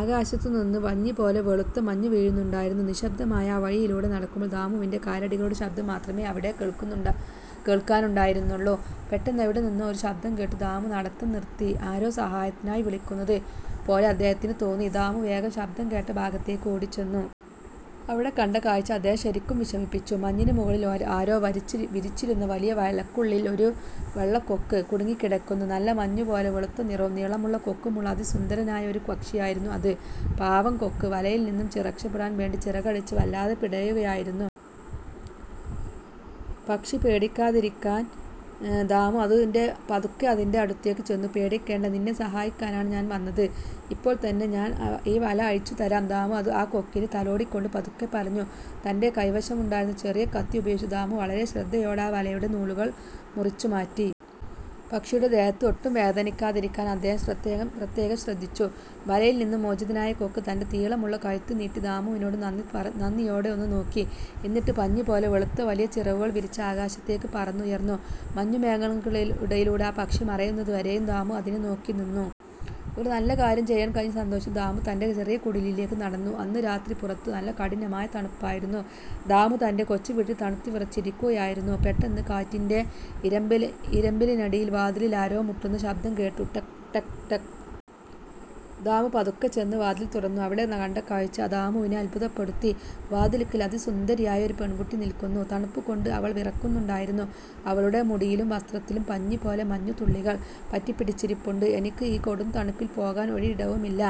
ആകാശത്തുനിന്ന് പഞ്ഞിപോലെ വെളുത്ത മഞ്ഞ് വീഴുന്നുണ്ടായിരുന്നു. നിശബ്ദമായ ആ വഴിയിലൂടെ നടക്കുമ്പോൾ ദാമുവിന്റെ കാലടികളുടെ ശബ്ദം മാത്രമേ അവിടെ കേൾക്കാനുണ്ടായിരുന്നുള്ളൂ. പെട്ടെന്ന്, എവിടെ നിന്നോ ഒരു ശബ്ദം കേട്ട് ദാമു നടത്തം നിർത്തി. ആരോ സഹായത്തിനായി വിളിക്കുന്നത് പോലെ അദ്ദേഹത്തിന് തോന്നി. ദാമു വേഗം ശബ്ദം കേട്ട ഭാഗത്തേക്ക് ഓടിച്ചെന്നു. അവിടെ കണ്ട കാഴ്ച അദ്ദേഹത്തെ ശരിക്കും വിഷമിപ്പിച്ചു. മഞ്ഞിന് മുകളിൽ ആരോ വിരിച്ചിരുന്ന വലിയ വലയ്ക്കുള്ളിൽ ഒരു വെള്ളക്കൊക്ക് കുടുങ്ങിക്കിടക്കുന്നു! നല്ല മഞ്ഞുപോലെ വെളുത്ത നിറവും നീളമുള്ള കൊക്കുമുള്ള അതിസുന്ദരമായ ഒരു പക്ഷിയായിരുന്നു അത്. പാവം കൊക്ക് വലയിൽ നിന്നും രക്ഷപെടാൻ വേണ്ടി ചിറകടിച്ച് വല്ലാതെ പിടയുകയായിരുന്നു. പക്ഷി പേടിക്കാതിരിക്കാൻ ദാമു പതുക്കെ അതിന്റെ അടുത്തേക്ക് ചെന്നു. "പേടിക്കണ്ട, നിന്നെ സഹായിക്കാനാണ് ഞാൻ വന്നത്. ഇപ്പോൾ തന്നെ ഞാൻ ഈ വല അഴിച്ചു തരാം. " ദാമു ആ കൊക്കിനെ തലോടിക്കൊണ്ട് പതുക്കെ പറഞ്ഞു. തന്റെ കൈവശമുണ്ടായിരുന്ന ചെറിയ കത്തി ഉപയോഗിച്ച് ദാമു വളരെ ശ്രദ്ധയോടെ ആ വലയുടെ നൂലുകൾ മുറിച്ചുമാറ്റി. പക്ഷിയുടെ ദേഹത്ത് ഒട്ടും വേദനിക്കാതിരിക്കാൻ അദ്ദേഹം പ്രത്യേകം ശ്രദ്ധിച്ചു. വലയിൽ നിന്നും മോചിതനായ കൊക്ക് തന്റെ നീളമുള്ള കഴുത്ത് നീട്ടി ദാമുവിനെ നന്ദിയോടെ ഒന്ന് നോക്കി. എന്നിട്ട് പഞ്ഞിപോലെ വെളുത്ത വലിയ ചിറകുകൾ വിരിച്ച് ആകാശത്തേക്ക് പറന്നുയർന്നു. മഞ്ഞുമേഘങ്ങൾക്കിടയിലൂടെ ആ പക്ഷി മറയുന്നത് വരെയും ദാമു അതിനെ നോക്കിനിന്നു. ഒരു നല്ല കാര്യം ചെയ്യാൻ കഴിഞ്ഞ സന്തോഷത്തിൽ ദാമു തന്റെ ചെറിയ കുടിലിലേക്ക് നടന്നു. അന്ന് രാത്രി! പുറത്ത് നല്ല കഠിനമായ തണുപ്പായിരുന്നു. ദാമു തന്റെ കൊച്ചുവീട്ടിൽ തണുത്തുവിറച്ച് ഇരിക്കുകയായിരുന്നു. പെട്ടെന്ന്, കാറ്റിന്റെ ഇരമ്പലിനിടയിൽ വാതിലിൽ ആരോ മുട്ടുന്ന ശബ്ദം കേട്ടു. 'ടക്… ടക്… ടക്! ' ദാമു പതുക്കെ ചെന്ന് വാതിൽ തുറന്നു. അവിടെ കണ്ട കാഴ്ച ദാമുവിനെ അത്ഭുതപ്പെടുത്തി! വാതിൽക്കൽ അതിസുന്ദരിയായ ഒരു പെൺകുട്ടി നിൽക്കുന്നു. തണുപ്പുകൊണ്ട് അവൾ വിറയ്ക്കുന്നുണ്ടായിരുന്നു. അവളുടെ മുടിയിലും വസ്ത്രത്തിലും പഞ്ഞിപോലെ മഞ്ഞുതുള്ളികൾ പറ്റിപ്പിടിച്ചിരിപ്പുണ്ട്. "എനിക്ക് ഈ കൊടുംതണുപ്പിൽ പോകാൻ ഒരിടവുമില്ല.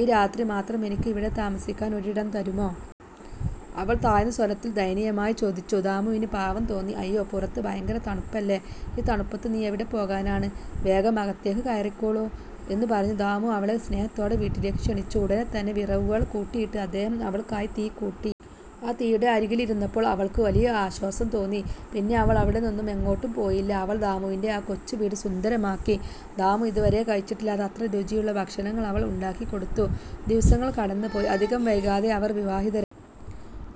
ഈ രാത്രി മാത്രം എനിക്ക് ഇവിടെ താമസിക്കാൻ ഒരിടം തരുമോ? " അവൾ താഴ്ന്ന സ്വരത്തിൽ, ദയനീയമായി ചോദിച്ചു. ദാമുവിന് പാവം തോന്നി. "അയ്യോ, പുറത്ത് ഭയങ്കര തണുപ്പല്ലേ, ഈ തണുപ്പത്ത് നീ എവിടെ പോകാനാണ്? വേഗം അകത്തേക്ക് കയറിക്കോളൂ. " എന്ന് പറഞ്ഞ് ദാമു അവളെ സ്നേഹത്തോടെ വീട്ടിലേക്ക് ക്ഷണിച്ചു. ഉടനെ തന്നെ വിറകുകൾ കൂട്ടിയിട്ട് അദ്ദേഹം അവൾക്കായി തീ കൂട്ടി. ആ തീയുടെ അരികിലിരുന്നപ്പോൾ അവൾക്ക് വലിയ ആശ്വാസം തോന്നി. പിന്നെ അവൾ അവിടെ നിന്നും എങ്ങോട്ടും പോയില്ല. അവൾ ദാമുവിന്റെ ആ കൊച്ചു വീട് സുന്ദരമാക്കി. ദാമു ഇതുവരെ കഴിച്ചിട്ടില്ലാത്ത അത്ര രുചിയുള്ള ഭക്ഷണങ്ങൾ അവൾ ഉണ്ടാക്കിക്കൊടുത്തു. ദിവസങ്ങൾ കടന്നുപോയി. അധികം വൈകാതെ അവർ വിവാഹിതരായി.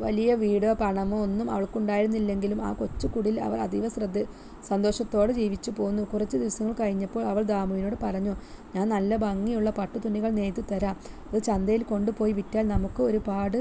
വലിയ വീടോ പണമോ ഒന്നും അവർക്കുണ്ടായിരുന്നില്ലെങ്കിലും, ആ കൊച്ചു കുടിലിൽ അവർ അതീവ സന്തോഷത്തോടെ ജീവിച്ചു പോന്നു. കുറച്ചു ദിവസങ്ങൾ കഴിഞ്ഞപ്പോൾ, അവൾ ദാമുവിനോട് പറഞ്ഞു: "ഞാൻ നല്ല ഭംഗിയുള്ള പട്ടുതുണികൾ നെയ്തു തരാം. അത് ചന്തയിൽ കൊണ്ടുപോയി വിറ്റാൽ നമുക്ക് ഒരുപാട്